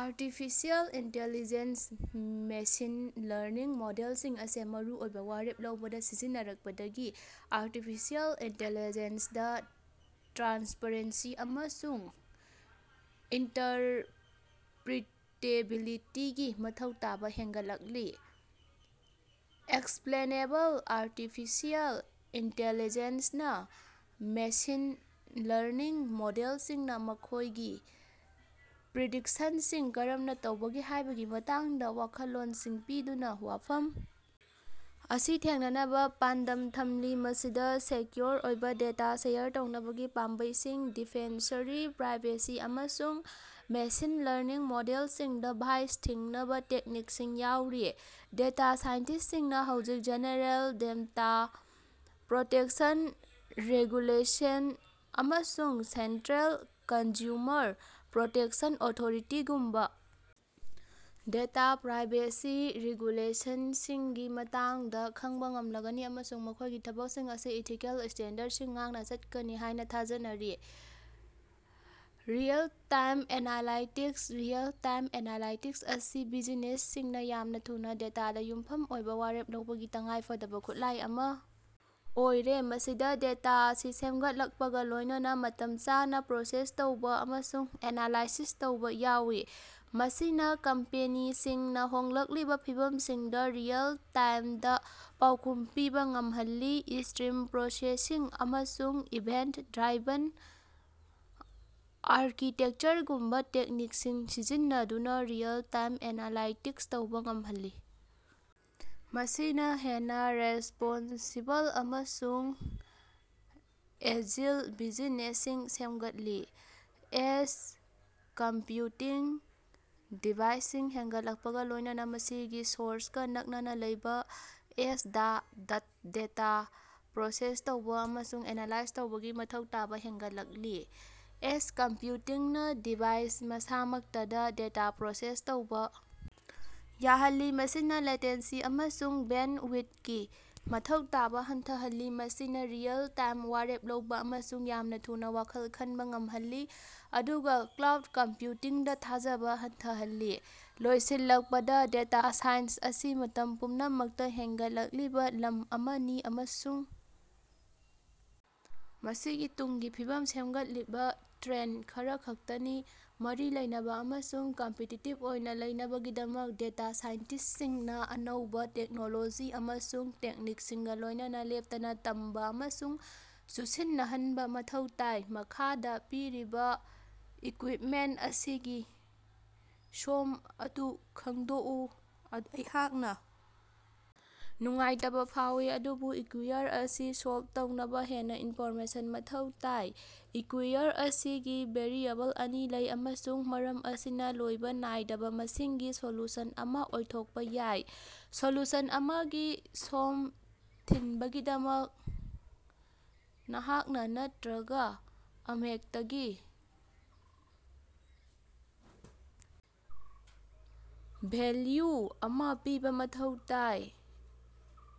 Artificial intelligence machine learning ꯃꯣꯗꯦꯜꯁꯤꯡ ꯑꯁꯤ ꯃꯔꯨꯑꯣꯏꯕꯥ ꯋꯥꯔꯦꯞ ꯂꯧꯕꯗꯥ ꯁꯤꯖꯤꯟꯅꯔꯛꯄꯗꯒꯤ ꯑꯥꯔꯇꯤꯐꯤꯁꯤꯑꯦꯜ ꯏꯟꯇꯤꯂꯤꯖ‌ꯦꯟꯁꯗꯥ ꯇ꯭ꯔꯥꯟꯁꯄꯔꯦꯟꯁꯤ ꯑꯃꯁꯨꯡ ꯏꯟꯇꯔꯄꯔꯤꯇꯦꯕꯤꯂꯤꯇꯤꯒꯤ ꯃꯊꯧ ꯇꯥꯕ ꯍꯦꯟꯒꯠꯂꯛꯂꯤ꯫ ꯑꯦꯛꯁꯄꯂꯦꯅꯦꯕꯜ ꯑꯥꯔꯇꯤꯐꯤꯁꯤꯑꯦꯜ ꯏꯟꯇꯤꯂꯤꯖ‌ꯦꯟꯁꯅꯥ ꯃꯦꯁꯤꯟ ꯂꯔꯅꯤꯡ ꯃꯣꯗꯦꯜꯁꯤꯡꯅꯥ ꯃꯈꯣꯏꯒꯤ ꯄ꯭ꯔꯤꯗꯤꯛꯁꯟꯁꯤꯡ ꯀꯔꯝꯅꯥ ꯇꯧꯕꯒꯦ ꯍꯥꯏꯕꯒꯤ ꯃꯇꯥꯡꯗꯥ ꯋꯥꯈꯜꯂꯣꯟꯁꯤꯡ ꯄꯤꯗꯨꯅꯥ ꯋꯥꯐꯝ ꯑꯁꯤ ꯊꯦꯡꯅꯅꯕꯥ ꯄꯥꯟꯗꯝ ꯊꯝꯂꯤ꯫ ꯃꯁꯤꯗꯥ ꯁꯦꯛꯌꯨꯔ ꯑꯣꯏꯕꯥ ꯗꯦꯇꯥ ꯁꯦꯌꯔ ꯇꯧꯅꯕꯒꯤ ꯄꯥꯝꯕꯩꯁꯤꯡ, ꯗꯤꯐꯦꯟꯁꯔꯤ ꯄ꯭ꯔꯥꯏꯚꯦꯁꯤ, ꯑꯃꯁꯨꯡ ꯃꯦꯁꯤꯟ ꯂꯔꯅꯤꯡ ꯃꯣꯗꯦꯜꯁꯤꯡꯗꯥ ꯕꯥꯏꯁ ꯊꯤꯡꯅꯕ ꯇꯦꯛꯅꯤꯛꯁꯤꯡ ꯌꯥꯎꯔꯤ꯫ ꯗꯦꯇꯥ ꯁꯥꯏꯟꯇꯤꯁ꯭ꯇꯁꯤꯡꯅ ꯍꯧꯖꯤꯛ ꯖ‌ꯦꯅꯔ‌ꯦꯜ ꯗꯝꯦꯇꯥ ꯄꯔ‌ꯣꯇ‌ꯦꯛꯁꯟ ꯔ‌ꯦꯒꯨꯂ‌ꯦꯁꯟ ꯑꯃꯁꯨꯡ ꯁ‌ꯦꯟꯇꯔ‌ꯦꯜ ꯀꯟꯖꯌꯨꯃꯔ ꯄꯔ‌ꯣꯇ‌ꯦꯛꯁꯟ ꯑꯣꯊ‌ꯣꯔꯤꯇꯤꯒꯨꯝꯕꯥ ꯗꯦꯇꯥ ꯄ꯭ꯔꯥꯏꯕꯦꯁꯤ ꯔꯦꯒꯨꯂꯦꯁꯟꯁꯤꯡꯒꯤ ꯃꯇꯥꯡꯗꯥ ꯈꯪꯕꯥ ꯉꯝꯂꯒꯅꯤ, ꯑꯃꯁꯨꯡ ꯃꯈꯣꯏꯒꯤ ꯊꯕꯛꯁꯤꯡ ꯑꯁꯤ ꯏꯊꯤꯀꯦꯜ ꯁ꯭ꯇꯦꯟꯗꯔꯗꯁꯤꯡ ꯉꯥꯛꯅ ꯆꯠꯀꯅꯤ ꯍꯥꯏꯅꯥ ꯊꯥꯖꯔꯤ꯫ ꯔꯤꯑꯦꯜ-ꯇꯥꯏꯝ ꯑꯦꯅꯥꯂꯥꯏꯇꯤꯛꯁ: ꯔꯤꯑꯦꯜ-ꯇꯥꯏꯝ ꯑꯦꯅꯥꯂꯥꯏꯇꯤꯛꯁ ꯑꯁꯤ ꯕꯤꯖꯤꯅꯦꯁꯁꯤꯡꯅꯥ ꯌꯥꯝꯅꯥ ꯊꯨꯅꯥ, ꯗꯦꯇꯥꯗ ꯌꯨꯝꯐꯝ ꯑꯣꯏꯕ ꯋꯥꯔꯦꯞ ꯂꯧꯕꯒꯤ ꯇꯉꯥꯏ ꯐꯗꯕ ꯈꯨꯠꯂꯥꯏ ꯑꯃꯥ ꯑꯣꯏꯔꯦ꯫ ꯃꯁꯤꯗ ꯗꯦꯇꯥ ꯑꯁꯤ ꯁꯦꯝꯒꯠꯂꯛꯄꯒ ꯂꯣꯏꯅꯅꯥ ꯃꯇꯝ ꯆꯥꯅꯥ ꯄ꯭ꯔꯣꯁꯦꯁ ꯇꯧꯕ ꯑꯃꯁꯨꯡ ꯑꯦꯅꯥꯂꯥꯏꯁꯤꯁ ꯇꯧꯕ ꯌꯥꯎꯏ, ꯃꯁꯤꯅ ꯀꯝꯄꯦꯅꯤꯁꯤꯡꯅ ꯍꯣꯡꯂꯛꯂꯤꯕ ꯐꯤꯚꯝꯁꯤꯡꯗ ꯔꯤꯑꯦꯜ-ꯇꯥꯏꯝꯗ ꯄꯥꯎꯈꯨꯝ ꯄꯤꯕ ꯉꯝꯍꯜꯂꯤ꯫ ꯁ꯭ꯇꯔꯤꯝ ꯄ꯭ꯔꯣꯁꯦꯁꯤꯡ ꯑꯃꯁꯨꯡ ꯏꯚꯦꯟꯇ-ꯗ꯭ꯔꯥꯏꯚꯟ ꯑꯥꯔꯀꯤꯇꯦꯛꯆꯔꯒꯨꯝꯕꯥ ꯇꯦꯛꯅꯤꯛꯁꯤꯡ ꯁꯤꯖꯤꯟꯅꯗꯨꯅ ꯔꯤꯑꯦꯜ-ꯇꯥꯏꯝ ꯑꯦꯅꯥꯂꯥꯏꯇꯤꯛꯁ ꯇꯧꯕꯥ ꯉꯝꯍꯜꯂꯤ, ꯃꯁꯤꯅꯥ ꯍꯦꯟꯅꯥ ꯔꯦꯁ꯭ꯄꯣꯟꯁꯤꯕꯜ ꯑꯃꯁꯨꯡ ꯑꯦꯖꯤꯜ ꯕꯤꯖꯤꯅꯦꯁꯁꯤꯡ ꯁꯦꯝꯒꯠꯂꯤ꯫ ꯑꯦꯖ ꯀꯝꯄꯌꯨꯇꯤꯡ: ꯗꯤꯚꯥꯏꯁꯁꯤꯡ ꯍꯦꯟꯒꯠꯂꯛꯄꯒꯥ ꯂꯣꯏꯅꯅꯥ, ꯃꯁꯤꯒꯤ ꯁꯣꯔꯁꯀ ꯅꯛꯅꯅꯥ ꯂꯩꯕ ꯑꯦꯖꯗꯥ ꯗꯦꯇꯥ ꯄ꯭ꯔꯣꯁꯦꯁ ꯇꯧꯕꯥ ꯑꯃꯁꯨꯡ ꯑꯦꯅꯥꯂꯥꯏꯖ ꯇꯧꯕꯒꯤ ꯃꯊꯧ ꯇꯥꯕꯥ ꯍꯦꯟꯒꯠꯂꯛꯂꯤ꯫ ꯑꯦꯖ ꯀꯝꯄꯌꯨꯇꯤꯡꯅꯥ ꯗꯤꯚꯥꯏꯁ ꯃꯁꯥꯃꯛꯇꯗ ꯗꯦꯇꯥ ꯄ꯭ꯔꯣꯁꯦꯁ ꯇꯧꯕꯥ ꯌꯥꯍꯜꯂꯤ, ꯃꯁꯤꯅꯥ ꯂꯦꯇꯦꯟꯁꯤ ꯑꯃꯁꯨꯡ ꯕꯦꯟꯗꯋꯤꯊꯀꯤ ꯃꯊꯧ ꯇꯥꯕꯥ ꯍꯟꯊꯍꯜꯂꯤ꯫ ꯃꯁꯤꯅꯥ ꯔꯤꯑꯦꯜ-ꯇꯥꯏꯝ ꯋꯥꯔꯦꯞ ꯂꯧꯕꯥ ꯑꯃꯁꯨꯡ ꯌꯥꯝꯅꯥ ꯊꯨꯅꯥ ꯋꯥꯈꯜ ꯈꯟꯕ ꯉꯝꯍꯜꯂꯤ, ꯑꯗꯨꯒ ꯀ꯭ꯂꯥꯎꯗ ꯀꯝꯄꯌꯨꯇꯤꯡꯗꯥ ꯊꯥꯖꯕꯥ ꯍꯟꯊꯍꯜꯂꯤ꯫ ꯂꯣꯏꯁꯤꯜꯂꯛꯄꯗꯥ, ꯗꯦꯇꯥ ꯁꯥꯏꯟꯁ ꯑꯁꯤ ꯃꯇꯝ ꯄꯨꯝꯅꯃꯛꯇꯥ ꯍꯦꯟꯒꯠꯂꯛꯂꯤꯕꯥ ꯂꯝ ꯑꯃꯅꯤ, ꯑꯃꯁꯨꯡ ꯃꯁꯤꯒꯤ ꯇꯨꯡꯒꯤ ꯐꯤꯕꯝ ꯁꯦꯝꯒꯠꯂꯤꯕꯥ ꯇ꯭ꯔꯦꯟꯗ ꯈꯔꯈꯛꯇꯅꯤ꯫ ꯃꯔꯤ ꯂꯩꯅꯕꯥ ꯑꯃꯁꯨꯡ ꯀꯝꯄꯤꯇꯤꯇꯤꯕ ꯑꯣꯏꯅ ꯂꯩꯅꯕꯒꯤꯗꯃꯛ ꯗꯦꯇꯥ ꯁꯥꯏꯟꯇꯤꯁ꯭ꯇꯁꯤꯡꯅꯥ ꯑꯅꯧꯕ ꯇꯦꯛꯅꯣꯂꯣꯖꯤ ꯑꯃꯁꯨꯡ ꯇꯦꯛꯅꯤꯛꯁꯤꯡꯒꯥ ꯂꯣꯏꯅꯅꯥ ꯂꯦꯞꯇꯅ ꯇꯝꯕꯥ ꯑꯃꯁꯨꯡ ꯆꯨꯁꯤꯟꯅꯍꯟꯕ ꯃꯊꯧ ꯇꯥꯏ꯫ ꯃꯈꯥꯗꯥ ꯄꯤꯔꯤꯕꯥ ꯏꯀꯌꯨꯏꯞꯃꯦꯟꯇ ꯑꯁꯤꯒꯤ ꯁꯣꯝ ꯑꯗꯨ ꯈꯪꯗꯣꯛꯎ꯫ ꯑꯩꯍꯥꯛꯅ ꯅꯨꯡꯉꯥꯏꯇꯕ ꯐꯥꯎꯏ, ꯑꯗꯨꯕꯨ ꯏꯀꯌꯨꯏꯌꯔ ꯑꯁꯤ ꯁꯣꯜꯕ ꯇꯧꯅꯕ ꯍꯦꯟꯅ ꯏꯟꯐꯣꯔꯃꯦꯁꯟ ꯃꯊꯧ ꯇꯥꯏ꯫ ꯏꯀꯌꯨꯏꯌꯔ ꯑꯁꯤꯒꯤ ꯚꯦꯔꯤꯑꯦꯕꯜ ꯑꯅꯤ ꯂꯩ, ꯑꯃꯁꯨꯡ ꯃꯔꯝ ꯑꯁꯤꯅꯥ ꯂꯣꯏꯕ ꯅꯥꯏꯗꯕ ꯃꯁꯤꯡꯒꯤ ꯁꯣꯂꯨꯁꯟ ꯑꯃꯥ ꯑꯣꯏꯊꯣꯛꯄꯥ ꯌꯥꯏ꯫ ꯁꯣꯂꯨꯁꯟ ꯑꯃꯒꯤ ꯁꯣꯝ ꯊꯤꯟꯕꯒꯤꯗꯃꯛ, ꯅꯍꯥꯛꯅ ꯅꯠꯇꯔꯒ ꯑꯃꯍꯦꯛꯇꯒꯤ ꯚꯦꯜꯌꯨ ꯑꯃꯥ ꯄꯤꯕꯥ ꯃꯊꯧ ꯇꯥꯏ꯫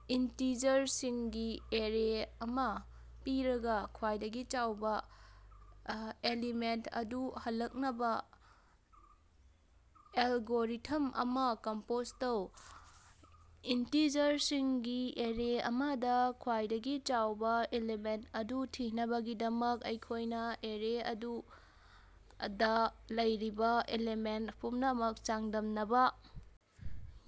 ꯏꯟꯇꯤꯖꯔꯁꯤꯡꯒꯤ ꯑꯦꯔꯦ ꯑꯃꯥ ꯄꯤꯔꯒꯥ, ꯈ꯭ꯋꯥꯏꯗꯒꯤ ꯆꯥꯎꯕ ꯑꯦꯂꯤꯃꯦꯟꯠ ꯑꯗꯨ ꯍꯜꯂꯛꯅꯕ ꯑꯦꯜꯒꯣꯔꯤꯊꯝ ꯑꯃꯥ ꯀꯝꯄꯣꯖ ꯇꯧ꯫ ꯏꯟꯇꯤꯖꯔꯁꯤꯡꯒꯤ ꯑꯦꯔꯦ ꯑꯃꯗꯥ ꯈ꯭ꯋꯥꯏꯗꯒꯤ ꯆꯥꯎꯕ ꯑꯦꯂꯤꯃꯦꯟꯇ ꯑꯗꯨ ꯊꯤꯅꯕꯒꯤꯗꯃꯛ ꯑꯩꯈꯣꯏꯅꯥ ꯑꯦꯔꯦ ꯑꯗꯨꯗ ꯂꯩꯔꯤꯕꯥ ꯑꯦꯂꯤꯃꯦꯟꯇ ꯄꯨꯝꯅꯃꯛ ꯆꯥꯡꯗꯝꯅꯕꯥ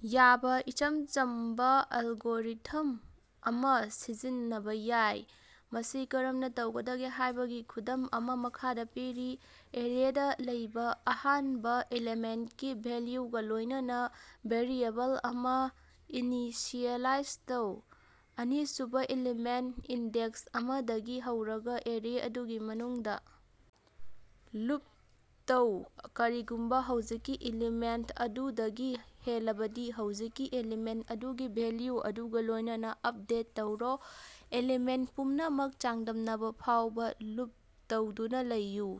ꯌꯥꯕꯥ ꯏꯆꯝ ꯆꯝꯕꯥ ꯑꯦꯜꯒꯣꯔꯤꯊꯝ ꯑꯃꯥ ꯁꯤꯖꯤꯟꯅꯕꯥ ꯌꯥꯏ꯫ ꯃꯁꯤ ꯀꯔꯝꯅꯥ ꯇꯧꯒꯗꯒꯦ ꯍꯥꯏꯕꯒꯤ ꯈꯨꯗꯝ ꯑꯃꯥ ꯃꯈꯥꯗ ꯄꯤꯔꯤ: ꯑꯦꯔꯦꯗ ꯂꯩꯕ ꯑꯍꯥꯟꯕ ꯑꯦꯂꯤꯃꯦꯟꯇꯀꯤ ꯚꯦꯜꯌꯨꯒ ꯂꯣꯏꯅꯅꯥ ꯚꯦꯔꯤꯑꯦꯕꯜ ꯑꯃ ꯏꯅꯤꯁꯤꯑꯦꯂꯥꯏꯖ ꯇꯧ꯫ ꯑꯅꯤꯁꯨꯕ ꯑꯦꯂꯤꯃꯦꯟꯇ ꯏꯟꯗꯦꯛꯁ ꯑꯃꯗꯒꯤ ꯍꯧꯔꯒ ꯑꯦꯔꯦ ꯑꯗꯨꯒꯤ ꯃꯅꯨꯡꯗ ꯂꯨꯞ ꯇꯧ꯫ ꯀꯔꯤꯒꯨꯝꯕ ꯍꯧꯖꯤꯛꯀꯤ ꯑꯦꯂꯤꯃꯦꯟꯇ ꯑꯗꯨ ꯗꯒꯤ ꯍꯦꯜꯂꯕꯗꯤ, ꯍꯧꯖꯤꯛꯀꯤ ꯑꯦꯂꯤꯃꯦꯟꯇ ꯑꯗꯨꯒꯤ ꯚꯦꯜꯌꯨ ꯑꯗꯨꯒꯥ ꯂꯣꯏꯅꯅꯥ ꯑꯞꯗꯦꯠ ꯇꯧꯔꯣ ꯑꯦꯂꯤꯃꯦꯟꯇ ꯄꯨꯝꯅꯃꯛ ꯆꯥꯡꯗꯝꯅꯕꯥ ꯐꯥꯎꯕ ꯂꯨꯞ ꯇꯧꯗꯨꯅꯥ ꯂꯩꯌꯨ꯫